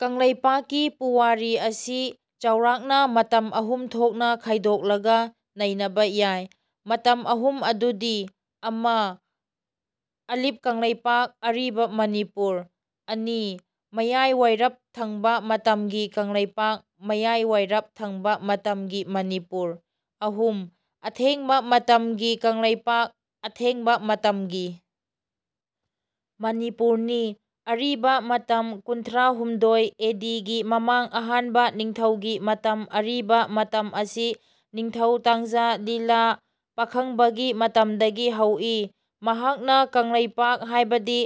ꯀꯪꯂꯩꯄꯥꯛꯀꯤ ꯄꯨꯋꯥꯔꯤ ꯑꯁꯤ ꯆꯥꯎꯔꯥꯛꯅ ꯃꯇꯝ ꯑꯍꯨꯝ ꯊꯣꯛꯅ ꯈꯥꯢꯗꯣꯛꯂꯒ ꯅꯩꯅꯕ ꯌꯥꯢ꯫ ꯃꯇꯝ ꯑꯍꯨꯝ ꯑꯗꯨꯗꯤ: ꯑꯃ) ꯑꯂꯤꯄ ꯀꯪꯂꯩꯄꯥꯛ (ꯑꯔꯤꯕ ꯃꯅꯤꯄꯨꯔ) ꯑꯅꯤ) ꯃꯌꯥꯢꯋꯥꯢꯔꯞ ꯊꯪꯕ ꯃꯇꯝꯒꯤ ꯀꯪꯂꯩꯄꯥꯛ (ꯃꯌꯥꯢꯋꯥꯢꯔꯞ ꯊꯪꯕ ꯃꯇꯝꯒꯤ ꯃꯅꯤꯄꯨꯔ) ꯑꯍꯨꯝ) ꯑꯊꯦꯡꯕ ꯃꯇꯝꯒꯤ ꯀꯪꯂꯩꯄꯥꯛ (ꯑꯊꯦꯡꯕ ꯃꯇꯝꯒꯤ ꯃꯅꯤꯄꯨꯔ)ꯅꯤ꯫ ꯑꯔꯤꯕ ꯃꯇꯝ ꯀꯨꯟꯊ꯭ꯔꯥ ꯍꯨꯝꯗꯣꯏ ꯑꯦ ꯗꯤ ꯒꯤ ꯃꯃꯥꯡ ꯑꯍꯥꯟꯕ ꯅꯤꯡꯊꯧꯒꯤ ꯃꯇꯝ ꯑꯔꯤꯕ ꯃꯇꯝ ꯑꯁꯤ ꯅꯤꯡꯊꯧ ꯇꯥꯡꯖ ꯂꯤꯂ ꯄꯥꯈꯪꯕꯒꯤ ꯃꯇꯝꯗꯒꯤ ꯍꯧꯏ꯫ ꯃꯍꯥꯛꯅ ꯀꯪꯂꯩꯄꯥꯛ ꯍꯥꯢꯕꯗꯤ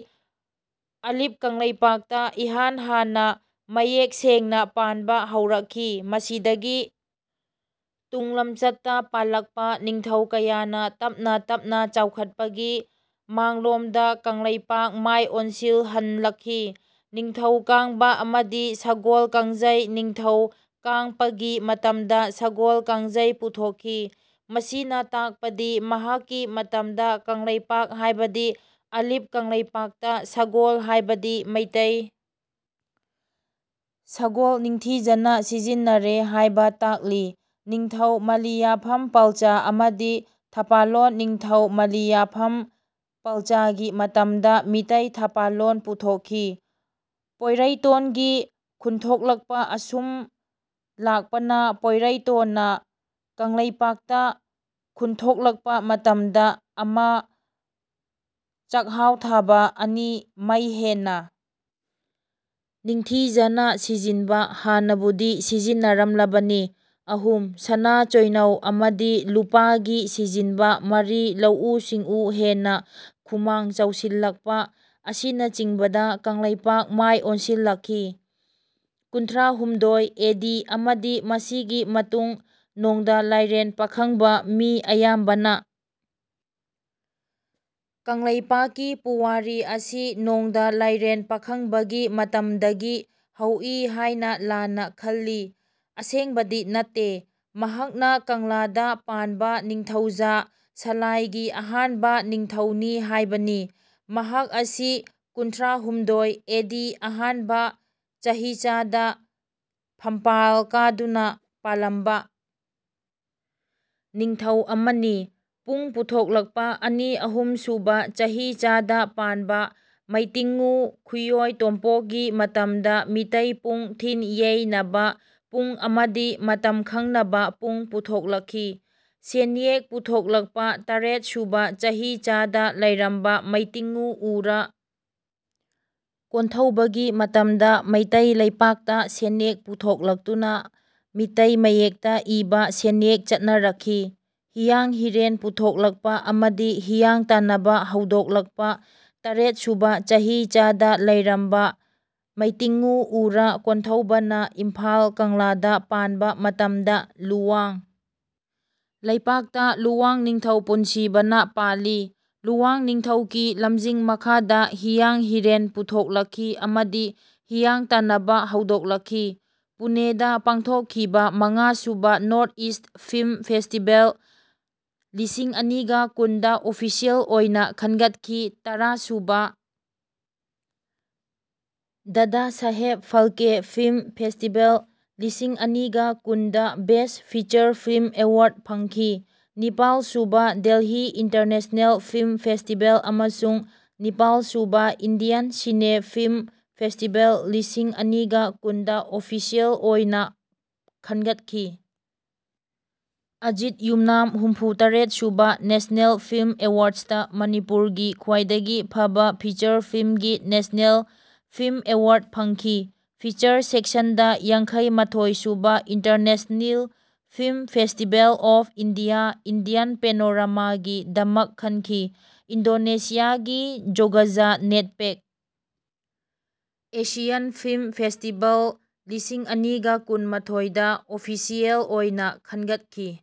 ꯑꯂꯤꯄ ꯀꯪꯂꯩꯄꯥꯛꯇ ꯏꯍꯥꯟ ꯍꯥꯟꯅ ꯃꯌꯦꯛ ꯁꯦꯡꯅ ꯄꯥꯟꯕ ꯍꯧꯔꯛꯈꯤ꯫ ꯃꯁꯤꯗꯒꯤ ꯇꯨꯡꯂꯝꯆꯠꯇ ꯄꯥꯜꯂꯛꯄ ꯅꯤꯡꯊꯧ ꯀꯌꯥꯅ ꯇꯞꯅ ꯇꯞꯅ ꯆꯥꯎꯈꯠꯄꯒꯤ ꯃꯥꯡꯂꯣꯝꯗ ꯀꯪꯂꯩꯄꯥꯛ ꯃꯥꯢ ꯑꯣꯟꯁꯤꯜꯍꯟꯂꯛꯈꯤ꯫ ꯅꯤꯡꯊꯧ ꯀꯥꯡꯕ ꯑꯃꯗꯤ ꯁꯒꯣꯜ ꯀꯥꯡꯖꯩ ꯅꯤꯡꯊꯧ ꯀꯥꯡꯄꯒꯤ ꯃꯇꯝꯗ ꯁꯒꯣꯜ ꯀꯥꯡꯖꯩ ꯄꯨꯊꯣꯛꯈꯤ꯫ ꯃꯁꯤꯅ ꯇꯥꯛꯄꯗꯤ ꯃꯍꯥꯛꯀꯤ ꯃꯇꯝꯗ ꯀꯪꯂꯩꯄꯥꯛ ꯍꯥꯢꯕꯗꯤ ꯑꯂꯤꯄ ꯀꯪꯂꯩꯄꯥꯛꯇ ꯁꯒꯣꯜ ꯍꯥꯢꯕꯗꯤ ꯃꯩꯇꯩ ꯁꯒꯣꯜ ꯅꯤꯡꯊꯤꯖꯅ ꯁꯤꯖꯤꯟꯅꯔꯦ ꯍꯥꯢꯕ ꯇꯥꯛꯂꯤ꯫ ꯅꯤꯡꯊꯧ ꯃꯂꯤꯌꯥꯐꯝ ꯄꯥꯜꯆꯥ ꯑꯃꯗꯤ ꯊꯥꯄꯥꯂꯣꯟ ꯅꯤꯡꯊꯧ ꯃꯂꯤꯌꯥꯐꯝ ꯄꯥꯜꯆꯥꯒꯤ ꯃꯇꯝꯗ ꯃꯤꯇꯩ ꯊꯄꯥꯂꯣꯟ ꯄꯨꯊꯣꯛꯈꯤ꯫ ꯄꯣꯢꯔꯩꯇꯣꯟ ꯒꯤ ꯈꯨꯟꯊꯣꯛꯂꯛꯄ ꯑꯁꯨꯝ ꯂꯥꯛꯄꯅ ꯄꯣꯢꯔꯩꯇꯣꯟꯅ ꯀꯪꯂꯩꯄꯥꯛ ꯇ ꯈꯨꯟꯊꯣꯛꯂꯛꯄ ꯃꯇꯝꯗ ꯑꯃ) ꯆꯥꯛꯍꯥꯎ ꯊꯥꯕ, ꯑꯅꯤ) ꯃꯩ ꯍꯦꯟꯅ ꯅꯤꯡꯊꯤꯖꯅ ꯁꯤꯖꯤꯟꯕ (ꯍꯥꯟꯅꯕꯨꯗꯤ ꯁꯤꯖꯤꯟꯅꯔꯝꯂꯕꯅꯤ), ꯑꯍꯨꯝ) ꯁꯅꯥ (ꯆꯣꯢꯅꯧ) ꯑꯃꯗꯤ ꯂꯨꯄꯥ ꯒꯤ ꯁꯤꯖꯤꯟꯕ, ꯃꯔꯤ) ꯂꯧꯎ ꯁꯤꯡꯎ ꯍꯦꯟꯅ ꯈꯨꯃꯥꯡ ꯆꯥꯎꯁꯤꯟꯂꯛꯄ ꯑꯁꯤꯅꯆꯤꯡꯕꯗ ꯀꯪꯂꯩꯄꯥꯛ ꯃꯥꯢ ꯑꯣꯟꯁꯤꯜꯂꯛꯈꯤ꯫ ꯀꯨꯟꯊ꯭ꯔꯥ ꯍꯨꯝꯗꯣꯏ ꯑꯦ ꯗꯤ ꯑꯃꯗꯤ ꯃꯁꯤꯒꯤ ꯃꯇꯨꯡ ꯅꯣꯡꯗꯥ ꯂꯥꯢꯔꯦꯟ ꯄꯥꯈꯪꯕ ꯃꯤ ꯑꯌꯥꯝꯕꯅ ꯀꯪꯂꯩꯄꯥꯛꯀꯤ ꯄꯨꯋꯥꯔꯤ ꯑꯁꯤ ꯅꯣꯡꯗꯥ ꯂꯥꯢꯔꯦꯟ ꯄꯥꯈꯪꯕꯒꯤ ꯃꯇꯝꯗꯒꯤ ꯍꯧꯏ ꯍꯥꯢꯅ ꯂꯥꯟꯅ ꯈꯜꯂꯤ꯫ ꯑꯁꯦꯡꯕꯗꯤ ꯅꯠꯇꯦ꯫ ꯃꯍꯥꯛꯅ ꯀꯪꯂꯥꯗ ꯄꯥꯟꯕ ꯅꯤꯡꯊꯧꯖꯥ ꯁꯂꯥꯢꯒꯤ ꯑꯍꯥꯟꯕ ꯅꯤꯡꯊꯧꯅꯤ ꯍꯥꯢꯕꯅꯤ꯫ ꯃꯍꯥꯛ ꯑꯁꯤ ꯀꯨꯟꯊ꯭ꯔꯥ ꯍꯨꯝꯗꯣꯏ ꯑꯦ ꯗꯤ (ꯑꯍꯥꯟꯕ ꯆꯍꯤꯆꯥ) ꯗ ꯐꯝꯄꯥꯜ ꯀꯥꯗꯨꯅ ꯄꯥꯂꯝꯕ ꯅꯤꯡꯊꯧ ꯑꯃꯅꯤ꯫ ꯄꯨꯡ ꯄꯨꯊꯣꯛꯂꯛꯄ ꯑꯅꯤ - ꯑꯍꯨꯝ ꯁꯨꯕ ꯆꯍꯤꯆꯥ ꯗ ꯄꯥꯟꯕ ꯃꯩꯇꯤꯡꯉꯨ ꯈꯨꯌꯣꯢ ꯇꯣꯝꯄꯣꯛꯒꯤ ꯃꯇꯝꯗ ꯃꯤꯇꯩ ꯄꯨꯡ (ꯊꯤꯟ-ꯌꯦꯢꯅꯕ ꯄꯨꯡ ꯑꯃꯗꯤ ꯃꯇꯝ ꯈꯪꯅꯕ ꯄꯨꯡ) ꯄꯨꯊꯣꯛꯂꯛꯈꯤ꯫ ꯁꯦꯟꯌꯦꯛ ꯄꯨꯊꯣꯛꯂꯛꯄ ꯇꯔꯦꯠ ꯁꯨꯕ ꯆꯍꯤꯆꯥ ꯗ ꯂꯩꯔꯝꯕ ꯃꯩꯇꯤꯡꯉꯨ ꯎꯔꯥ ꯀꯣꯟꯊꯧꯕ ꯒꯤ ꯃꯇꯝꯗ ꯃꯩꯇꯩ ꯂꯩꯄꯥꯛꯇ ꯁꯦꯟꯌꯦꯛ ꯄꯨꯊꯣꯛꯂꯛꯇꯨꯅ ꯃꯤꯇꯩ ꯃꯌꯦꯛꯇ ꯏꯕ ꯁꯦꯟꯌꯦꯛ ꯆꯠꯅꯔꯛꯈꯤ꯫ ꯍꯤꯌꯥꯡ ꯍꯤꯔꯦꯟ ꯄꯨꯊꯣꯛꯂꯛꯄ ꯑꯃꯗꯤ ꯍꯤꯌꯥꯡ ꯇꯥꯟꯅꯕ ꯍꯧꯗꯣꯛꯂꯛꯄ ꯇꯔꯦꯠ ꯁꯨꯕ ꯆꯍꯤꯆꯥ ꯗ ꯂꯩꯔꯝꯕ ꯃꯩꯇꯤꯡꯉꯨ ꯎꯔꯥ ꯀꯣꯟꯊꯧꯕ ꯅ ꯏꯝꯐꯥꯜ ꯀꯪꯂꯥꯗ ꯄꯥꯟꯕ ꯃꯇꯝꯗ ꯂꯨꯋꯥꯡ ꯂꯩꯄꯥꯛꯇ ꯂꯨꯋꯥꯡ ꯅꯤꯡꯊꯧ ꯄꯨꯟꯁꯤꯕ ꯅ ꯄꯥꯜꯂꯤ꯫ ꯂꯨꯋꯥꯡ ꯅꯤꯡꯊꯧ ꯀꯤ ꯂꯝꯖꯤꯡ ꯃꯈꯥꯗ ꯍꯤꯌꯥꯡ ꯍꯤꯔꯦꯟ ꯄꯨꯊꯣꯛꯂꯛꯈꯤ ꯑꯃꯗꯤ ꯍꯤꯌꯥꯡ ꯇꯥꯟꯅꯕ ꯍꯧꯗꯣꯛꯂꯛꯈꯤ꯫ ꯄꯨꯅꯦꯗ ꯄꯥꯡꯊꯣꯛꯈꯤꯕ ꯃꯉꯥ ꯁꯨꯕ ꯅꯣꯔ꯭ꯊ-ꯏꯁ꯭ꯠ ꯐꯤꯜꯝ ꯐꯦꯁꯇꯤꯚꯦꯜ ꯂꯤꯁꯤꯡ ꯑꯅꯤꯒ ꯀꯨꯟꯗ ꯑꯣꯐꯤꯁ꯭ꯌꯦꯜ ꯑꯣꯏꯅ ꯈꯟꯒꯠꯈꯤ꯫ ꯇꯔꯥ ꯁꯨꯕ ꯗꯥꯗꯥ ꯁꯥꯍꯦꯕ ꯐꯥꯜꯀꯦ ꯐꯤꯜꯝ ꯐꯦꯁꯇꯤꯚꯦꯜ ꯂꯤꯁꯤꯡ ꯑꯅꯤꯒ ꯀꯨꯟꯗ ꯕꯦꯁ꯭ꯠ ꯐꯤꯆꯔ ꯐꯤꯜꯝ ꯑꯦꯋꯥꯔ꯭ꯗ ꯐꯪꯈꯤ꯫ ꯅꯤꯄꯥꯜ ꯁꯨꯕ ꯗꯦꯜꯂꯤ ꯏꯟꯇꯔꯅꯦꯁꯅꯦꯜ ꯐꯤꯜꯝ ꯐꯦꯁꯇꯤꯚꯦꯜ ꯑꯃꯁꯨꯡ ꯅꯤꯄꯥꯜ ꯁꯨꯕ ꯏꯟꯗꯤꯌꯟ ꯁꯤꯅꯦ ꯐꯤꯜꯝ ꯐꯦꯁꯇꯤꯚꯦꯜ ꯂꯤꯁꯤꯡ ꯑꯅꯤꯒ ꯀꯨꯟ ꯗ ꯑꯣꯐꯤꯁꯤꯌꯦꯜ ꯑꯣꯏꯅ ꯈꯟꯒꯠꯈꯤ꯫ ꯑꯖꯤꯠ ꯌꯨꯝꯅꯥꯝ ꯍꯨꯝꯐꯨ ꯇꯔꯦꯠ ꯁꯨꯕ ꯅꯦꯁꯅꯦꯜ ꯐꯤꯜꯝ ꯑꯦꯋꯥꯔ꯭ꯗꯁꯇ ꯃꯅꯤꯄꯨꯔꯒꯤ ꯈ꯭ꯋꯥꯏꯗꯒꯤ ꯐꯕ ꯐꯤꯆꯔ ꯐꯤꯜꯝꯒꯤ ꯅꯦꯁꯅꯦꯜ ꯐꯤꯜꯝ ꯑꯦꯋꯥꯔ꯭ꯗ ꯐꯪꯈꯤ꯫ ꯐꯤꯆꯔ ꯁꯦꯛꯁꯟꯗ ꯌꯥꯡꯈꯩ ꯃꯥꯊꯣꯏ ꯁꯨꯕ international film festival of India (Indian panorama) ꯒꯤꯗꯃꯛ ꯈꯟꯈꯤ꯫ ꯏꯟꯗꯣꯅꯦꯁꯤꯌꯥꯒꯤ ꯖꯣꯒꯖꯥ-ꯅꯦꯠꯄꯦꯛ ꯑꯦꯁꯤꯌꯥꯟ ꯐꯤꯜꯝ ꯐꯦꯁꯇꯤꯚꯜ ꯂꯤꯁꯤꯡ ꯑꯅꯤꯒ ꯀꯨꯟ ꯃꯥꯊꯣꯏꯗ ꯑꯣꯐꯤꯁꯤꯌꯦꯜ ꯑꯣꯏꯅ ꯈꯟꯒꯠꯈꯤ꯫